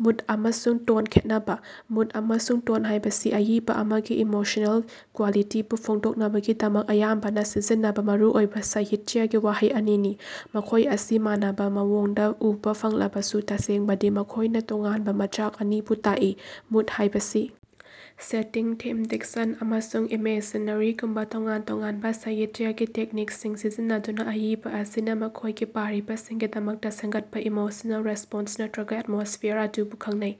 Mood ꯑꯃꯁꯨꯡ tone ꯈꯦꯠꯅꯕ꯫ Mood ꯑꯃꯁꯨꯡ ꯇꯣꯟ ꯍꯥꯏꯕꯁꯤ ꯑꯏꯕ ꯑꯃꯒꯤ ꯏꯃꯣꯁꯅꯦꯜ ꯀ꯭ꯕꯂꯤꯇꯤꯕꯨ ꯐꯣꯡꯗꯣꯛꯅꯕꯒꯤꯗꯃꯛ ꯑꯌꯥꯝꯕꯅ ꯁꯤꯖꯤꯟꯅꯕ ꯃꯔꯨꯑꯣꯏꯕ ꯁꯥꯍꯤꯠꯌꯒꯤ ꯋꯥꯍꯩ ꯑꯅꯤꯅꯤ꯫ ꯃꯈꯣꯏ ꯑꯁꯤ ꯃꯥꯟꯅꯕ ꯃꯑꯣꯡꯗ ꯎꯕꯥ ꯐꯪꯂꯕꯁꯨ, ꯇꯁꯦꯡꯕꯗꯤ ꯃꯈꯣꯏꯅ ꯇꯣꯉꯥꯟꯕ ꯃꯆꯥꯛ ꯑꯅꯤꯕꯨ ꯇꯥꯛꯏ꯫ ꯃꯨꯗ ꯍꯥꯌꯕꯁꯤ ꯁꯦꯇꯤꯡ, ꯊꯤꯝ, ꯗꯤꯛꯁꯟ ꯑꯃꯁꯨꯡ ꯏꯃꯦꯖꯔꯤꯒꯨꯝꯕ ꯇꯣꯉꯥꯟ ꯇꯣꯉꯥꯟꯕ ꯁꯥꯍꯤꯠꯌꯒꯤ ꯇꯦꯛꯅꯤꯛꯁꯤꯡ ꯁꯤꯖꯤꯟꯅꯗꯨꯅ ꯑꯏꯕ ꯑꯁꯤꯅ ꯃꯈꯣꯏꯒꯤ ꯄꯥꯔꯤꯕꯁꯤꯡꯒꯤꯗꯃꯛꯇ ꯁꯦꯝꯒꯠꯄ ꯏꯃꯣꯁꯅꯦꯜ ꯔꯦꯁ꯭ꯄꯣꯟꯁ ꯅꯠꯔꯒ ꯑꯦꯠꯃꯣꯁ꯭ꯐꯤꯌꯥꯔ ꯑꯗꯨꯕꯨ ꯈꯡꯅꯩ꯫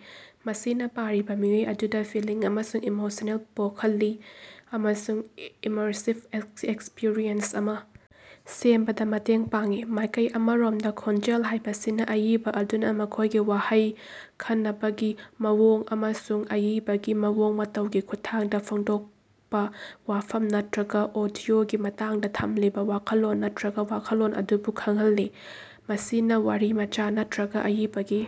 ꯃꯁꯤꯅꯥ ꯄꯥꯔꯤꯕ ꯃꯤꯑꯣꯏ ꯑꯗꯨꯗ ꯐꯤꯜꯂꯤꯡ ꯑꯃꯁꯨꯡ ꯏꯃꯣꯁꯅꯦꯜꯁꯤꯡ ꯄꯣꯈꯜꯂꯤ ꯑꯃꯁꯨꯡ ꯏꯃꯔꯁꯤꯕ ꯑꯦꯛꯁꯄꯤꯔꯤꯑꯦꯟꯁ ꯑꯃ ꯁꯦꯝꯕꯗ ꯃꯇꯦꯡ ꯄꯥꯡꯏ꯫ ꯃꯥꯏꯀꯩ ꯑꯃꯔꯣꯃꯗ ꯈꯣꯟꯖꯦꯜ ꯍꯥꯏꯕꯁꯤꯅ ꯑꯏꯕ ꯑꯗꯨꯅ ꯃꯈꯣꯏꯒꯤ ꯋꯥꯍꯩ ꯈꯅꯕꯒꯤ ꯃꯑꯣꯡ ꯑꯃꯁꯨꯡ ꯑꯏꯕꯒꯤ ꯃꯑꯣꯡ ꯃꯇꯧꯒꯤ ꯈꯨꯠꯊꯥꯡꯗꯥ ꯐꯣꯡꯗꯣꯀꯄ ꯋꯥꯐꯝ ꯅꯠꯔꯒ ꯑꯣꯗꯤꯑꯣꯒꯤ ꯃꯇꯥꯡꯗ ꯊꯝꯂꯤꯕ ꯋꯥꯈꯜꯂꯣꯟ ꯅꯠꯔꯒ ꯋꯥꯈꯜꯂꯣꯟ ꯑꯗꯨꯕꯨ ꯈꯡꯍꯜꯂꯤ꯫ ꯃꯁꯤꯅ ꯋꯥꯔꯤꯃꯆꯥ ꯅꯠꯔꯒ ꯑꯏꯕꯒꯤ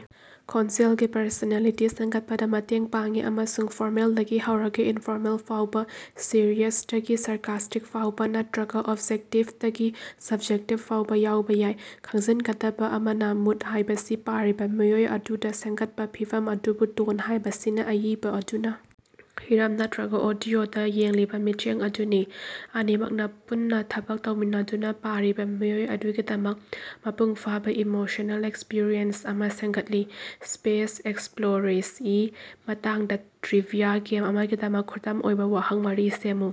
ꯈꯣꯟꯖꯦꯜꯒꯤ ꯄꯔꯁꯣꯅꯦꯂꯤꯇꯤ ꯁꯦꯝꯒꯠꯄꯗ ꯃꯇꯦꯡ ꯄꯥꯡꯏ ꯑꯃꯁꯨꯡ ꯐꯣꯔꯃꯦꯜꯗꯒꯤ ꯍꯧꯔꯒꯥ ꯏꯟꯐꯣꯔꯃꯦꯜ ꯐꯥꯎꯕ, ꯁꯤꯔꯤꯌꯁꯇꯒꯤ ꯁꯥꯔꯀꯥꯁ꯭ꯇꯤꯛ ꯐꯥꯎꯕ, ꯅꯠꯔꯒ ꯑꯣꯕꯖꯦꯛꯇꯤꯞꯇꯒꯤ ꯁꯕ꯭ꯖꯦꯛꯇꯤꯞ ꯐꯥꯎꯕ ꯌꯥꯎꯕ ꯌꯥꯏ꯫ ꯈꯪꯖꯤꯟꯒꯗꯕ ꯑꯃꯅ, ꯃꯨꯗ ꯍꯥꯏꯕꯁꯤ ꯄꯥꯔꯤꯕꯥ ꯃꯤꯑꯣꯏ ꯑꯗꯨꯗ ꯁꯦꯝꯒꯠꯄ ꯐꯤꯚꯝ ꯑꯗꯨꯕꯨ ꯇꯣꯟ ꯍꯥꯏꯕꯁꯤꯅ ꯑꯏꯕ ꯑꯗꯨꯅ ꯍꯤꯔꯝ ꯅꯠꯔꯒ ꯑꯣꯗꯤꯑꯣꯗ ꯌꯦꯡꯂꯤꯕ ꯃꯤꯠꯌꯦꯡ ꯑꯗꯨꯅꯤ꯫ ꯑꯅꯤꯃꯛꯅꯥ ꯄꯨꯟꯅ ꯊꯕꯛ ꯇꯧꯃꯤꯟꯅꯗꯨꯅ ꯄꯥꯔꯤꯕ ꯃꯤꯑꯣꯏ ꯑꯗꯨꯒꯤꯗꯃꯛ ꯃꯄꯨꯡ ꯐꯥꯕ ꯏꯃꯣꯁꯅꯦꯜ ꯑꯦꯛꯁꯄꯔꯤꯑꯦꯟꯁ ꯑꯃꯥ ꯁꯦꯝꯒꯠꯂꯤ꯫ ꯁ꯭ꯄꯦꯁ ꯑꯦꯛꯁꯞꯂꯣꯔꯦꯁꯉꯤ ꯃꯇꯥꯡꯗ ꯇ꯭ꯔꯤꯕꯤꯌꯥ ꯒꯦꯝ ꯑꯃꯒꯤꯗꯃꯛ ꯈꯨꯗꯝ ꯑꯣꯏꯕ ꯋꯥꯍꯪ ꯃꯔꯤ ꯁꯦꯝꯃꯨ꯫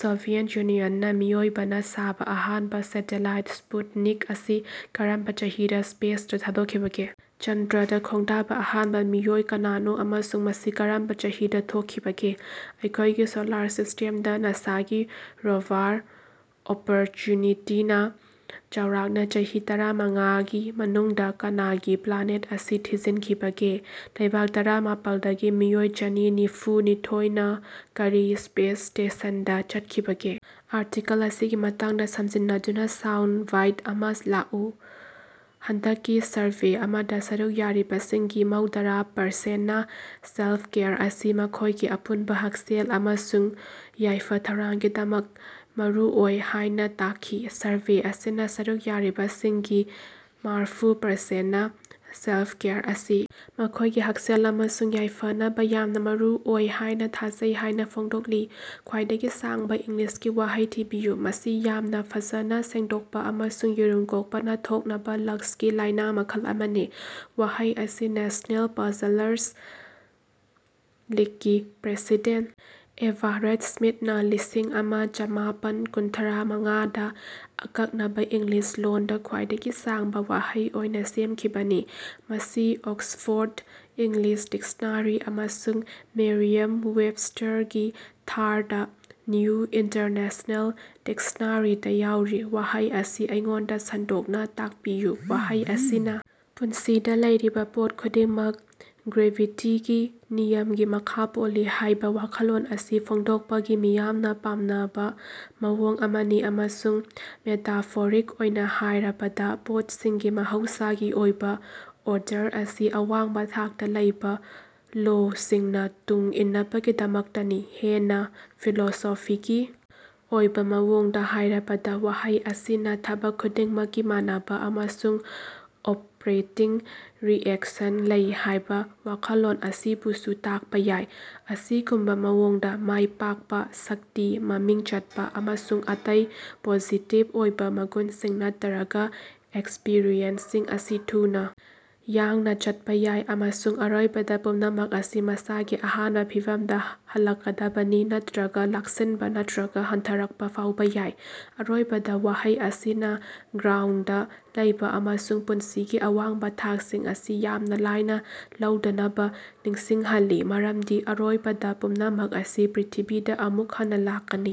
ꯁꯣꯚꯤꯌꯦꯠ ꯌꯨꯅꯤꯌꯟꯅ ꯃꯤꯑꯣꯏꯕꯅ ꯁꯥꯕ ꯑꯍꯥꯟꯕ ꯁꯦꯇꯦꯂꯥꯏꯠ ꯁ꯭ꯄꯨꯇꯅꯤꯛ ꯑꯁꯤ ꯀꯔꯝꯕ ꯆꯍꯤꯗ ꯁ꯭ꯄꯦꯁꯇ ꯊꯥꯗꯣꯛꯈꯤꯕꯒꯦ? ꯆꯟꯗ꯭ꯔꯗ ꯈꯣꯡꯗꯥꯕ ꯑꯍꯥꯟꯕ ꯃꯤꯑꯣꯏ ꯀꯅꯥꯅꯣ ꯑꯃꯁꯨꯡ ꯃꯁꯤ ꯀꯔꯝꯕꯥ ꯆꯍꯤꯗꯥ ꯊꯣꯀꯈꯤꯕꯒꯦ? ꯑꯩꯈꯣꯏꯒꯤ ꯁꯣꯂꯥꯔ ꯁꯤꯁ꯭ꯇꯦꯝꯗ ꯅꯥꯁꯥꯒꯤ ꯔꯣꯚꯥꯔ, ꯑꯣꯄꯔꯆ꯭ꯌꯨꯅꯤꯇꯤꯅꯥ ꯆꯥꯎꯔꯥꯛꯅ ꯆꯍꯤ ꯇꯔꯥ ꯃꯉꯥꯒꯤ ꯃꯅꯨꯡꯗꯥ ꯀꯅꯥꯒꯤ ꯄ꯭ꯂꯥꯅꯦꯠ ꯑꯁꯤ ꯊꯤꯖꯤꯟꯈꯤꯕꯒꯦ? ꯂꯩꯕꯥꯛ ꯇꯔꯥ ꯃꯥꯄꯜꯗꯒꯤ ꯃꯤꯑꯣꯏ ꯆꯅꯤ ꯅꯤꯐꯨ ꯅꯤꯊꯣꯏꯅ ꯀꯔꯤ ꯁ꯭ꯄꯦꯁ ꯁ꯭ꯇꯦꯁꯟꯗ ꯆꯠꯈꯤꯕꯒꯦ? ꯑꯥꯔꯇꯤꯀꯜ ꯑꯁꯤꯒꯤ ꯃꯇꯥꯡꯗ ꯁꯝꯖꯤꯟꯅꯗꯨꯅ ꯁꯥꯎꯟꯗ ꯕꯥꯏꯠ ꯑꯃꯥ ꯂꯥꯛꯎ꯫ ꯍꯟꯗꯛꯀꯤ ꯁꯔꯚꯦ ꯑꯃꯗ ꯁꯔꯨꯛ ꯌꯥꯔꯤꯕꯁꯤꯡꯒꯤ ꯃꯧꯗꯔꯥ ꯄꯔꯁꯦꯟꯅ ꯁꯦꯜꯐ-ꯀꯦꯌꯔ ꯑꯁꯤ ꯃꯈꯣꯏꯒꯤ ꯑꯄꯨꯟꯕ ꯍꯛꯁꯦꯜ ꯑꯃꯁꯨꯡ ꯌꯥꯏꯐ-ꯊꯧꯔꯥꯡꯒꯤꯗꯃꯛ ꯃꯔꯨꯑꯣꯏ ꯍꯥꯏꯅ ꯇꯥꯛꯈꯤ꯫ ꯁꯔꯚꯦ ꯑꯁꯤꯅ ꯁꯔꯨꯛ ꯌꯥꯔꯤꯕꯁꯤꯡꯒꯤ ꯃꯥꯔꯐꯨ ꯄꯔꯁꯦꯟꯅ ꯁꯦꯜꯐ-ꯀꯦꯌꯔ ꯑꯁꯤ ꯃꯈꯣꯏꯒꯤ ꯍꯛꯁꯦꯜ ꯑꯃꯁꯨꯡ ꯌꯥꯏꯐꯅꯕ ꯌꯥꯝꯅꯥ ꯃꯔꯨꯑꯣꯏ ꯍꯥꯏꯅ ꯊꯥꯖꯩ ꯍꯥꯏꯅ ꯐꯣꯡꯗꯣꯛꯂꯤ꯫ ꯈ꯭ꯋꯥꯏꯗꯒꯤ ꯁꯥꯡꯕ ꯏꯪꯂꯤꯁꯀꯤ ꯋꯥꯍꯩ ꯊꯤꯕꯤꯌꯨ꯫ ꯃꯁꯤ ꯌꯥꯝꯅ ꯐꯖꯅ ꯁꯦꯡꯗꯣꯛꯄꯥ ꯑꯃꯁꯨꯡ ꯌꯦꯔꯨꯝ ꯀꯣꯛꯄꯅ ꯊꯣꯛꯅꯕ ꯂꯪꯁꯀꯤ ꯂꯥꯏꯅ ꯃꯈꯜ ꯑꯃꯅꯤ꯫ ꯋꯥꯍꯩ ꯑꯁꯤ ꯅꯦꯁꯅꯦꯜ ꯄꯥꯖꯂꯔꯁ ꯂꯤꯛꯀꯤ ꯄ꯭ꯔꯦꯁꯤꯗꯦꯟꯠ ꯑꯦꯚꯥꯔꯦꯠ ꯁ꯭ꯃꯤꯊꯅꯥ ꯂꯤꯁꯤꯡ ꯑꯃ ꯆꯃꯥꯄꯟ ꯀꯨꯟꯊꯔ ꯃꯉꯥꯗ ꯑꯀꯛꯅꯅ ꯏꯪꯂꯤꯁ ꯂꯣꯟꯗ ꯈ꯭ꯋꯥꯏꯗꯒꯤ ꯁꯥꯡꯕ ꯋꯥꯍꯩ ꯑꯣꯏꯅ ꯁꯦꯝꯈꯤꯕꯅꯤ꯫ ꯃꯁꯤ ꯑꯣꯛꯁꯐꯣꯔꯗ ꯏꯪꯂꯤꯁ ꯗꯤꯛꯁꯅꯥꯔꯤ ꯑꯃꯁꯨꯡ ꯃꯦꯔꯤꯌꯝ-ꯋꯦꯕꯁ꯭ꯇꯔꯒꯤ ꯊꯥꯔꯗ ꯅ꯭ꯌꯨ ꯏꯟꯇꯔꯅꯦꯁ꯭ꯅꯦꯜ ꯗꯤꯛꯁꯅꯥꯔꯤꯗꯥ ꯌꯥꯎꯔꯤ꯫ ꯋꯥꯍꯩ ꯑꯁꯤ ꯑꯩꯉꯣꯟꯗ ꯁꯟꯗꯣꯛꯅ ꯇꯥꯛꯄꯤꯌꯨ꯫ ꯋꯥꯍꯩ ꯑꯁꯤꯅ ꯄꯨꯟꯁꯤꯗ ꯂꯩꯔꯤꯕ ꯄꯣꯠ ꯈꯨꯗꯤꯡꯃꯛ ꯒ꯭ꯔꯦꯚꯤꯇꯤꯒꯤ ꯅꯤꯌꯝꯒꯤ ꯃꯈꯥ ꯄꯣꯜꯂꯤ ꯍꯥꯏꯕ ꯋꯥꯈꯜꯂꯣꯟ ꯑꯁꯤ ꯐꯣꯡꯗꯣꯛꯄꯒꯤ ꯃꯤꯌꯥꯝꯅ ꯄꯥꯝꯅꯕ ꯃꯑꯣꯡ ꯑꯃꯅꯤ ꯑꯃꯁꯨꯡ ꯃꯦꯇꯥꯐꯣꯔꯤꯛ ꯑꯣꯏꯅ ꯍꯥꯏꯔꯕꯗ ꯄꯣꯠꯁꯤꯡꯒꯤ ꯃꯍꯧꯁꯥꯒꯤ ꯑꯣꯏꯕ ꯑꯣꯔꯗꯔ ꯑꯁꯤ ꯑꯋꯥꯡꯕ ꯊꯥꯛꯇ ꯂꯩꯕ ꯂꯣꯁꯤꯡꯅ ꯇꯨꯡ ꯏꯟꯅꯕꯒꯤꯗꯃꯛꯇꯅꯤ꯫ ꯍꯦꯟꯅ ꯐꯤꯂꯣꯁꯣꯐꯤꯒꯤ ꯑꯣꯏꯕ ꯃꯑꯣꯡꯗꯥ ꯍꯥꯏꯔꯕꯗ, ꯋꯥꯍꯩ ꯑꯁꯤꯅ ꯊꯕꯛ ꯈꯨꯗꯤꯡꯃꯛꯀꯤ ꯃꯥꯟꯅꯕ ꯑꯃꯁꯨꯡ ꯑꯣꯄꯔꯦꯇꯤꯡ ꯔꯤꯑꯦꯛꯁꯟ ꯂꯩ ꯍꯥꯏꯕ ꯋꯥꯈꯜꯂꯣꯟ ꯑꯁꯤꯕꯨꯁꯨ ꯇꯥꯛꯄ ꯌꯥꯏ꯫ ꯑꯁꯤꯒꯨꯝꯕ ꯃꯑꯣꯡꯗ, ꯃꯥꯏ ꯄꯥꯛꯄ, ꯁꯛꯇꯤ, ꯃꯃꯤꯡ ꯆꯠꯄ, ꯑꯃꯁꯨꯡ ꯑꯇꯩ ꯄꯣꯖꯤꯇꯤꯚ ꯑꯣꯏꯕ ꯃꯒꯨꯟꯁꯤꯡ ꯅꯠꯇꯔꯒ ꯑꯦꯛꯁꯄꯔꯤꯌꯦꯟꯁꯁꯤꯡ ꯑꯁꯤ ꯊꯨꯅ ꯌꯥꯡꯅ ꯆꯠꯄ ꯌꯥꯏ, ꯑꯃꯁꯨꯡ ꯑꯔꯣꯏꯕꯗ ꯄꯨꯝꯅꯃꯛ ꯑꯁꯤ ꯃꯁꯥꯒꯤ ꯑꯍꯥꯟꯕ ꯐꯤꯚꯝꯗ ꯍꯜꯂꯛꯀꯗꯕꯅꯤ, ꯅꯠꯇꯔꯒ ꯂꯥꯛꯁꯤꯟꯕ ꯅꯠꯇꯔꯒ ꯍꯟꯊꯔꯀꯄ ꯐꯥꯎꯕ ꯌꯥꯏ꯫ ꯑꯔꯣꯏꯕꯗ, ꯋꯥꯍꯩ ꯑꯁꯤꯅ ꯒ꯭ꯔꯥꯎꯟꯗꯗ ꯂꯩꯕ ꯑꯃꯁꯨꯡ ꯄꯨꯟꯁꯤꯒꯤ ꯑꯋꯥꯡꯕ ꯊꯥꯛꯁꯤꯡ ꯑꯁꯤ ꯌꯥꯝꯅ ꯂꯥꯏꯅ ꯂꯧꯗꯅꯕ ꯅꯤꯡꯁꯤꯡꯍꯜꯂꯤ, ꯃꯔꯝꯗꯤ, ꯑꯔꯣꯏꯕꯗ, ꯄꯨꯝꯅꯃꯛ ꯑꯁꯤ ꯄ꯭ꯔ꯭ꯤꯊꯤꯕꯤꯗ ꯑꯃꯨꯛ ꯍꯟꯅ ꯂꯥꯛꯀꯅꯤ꯫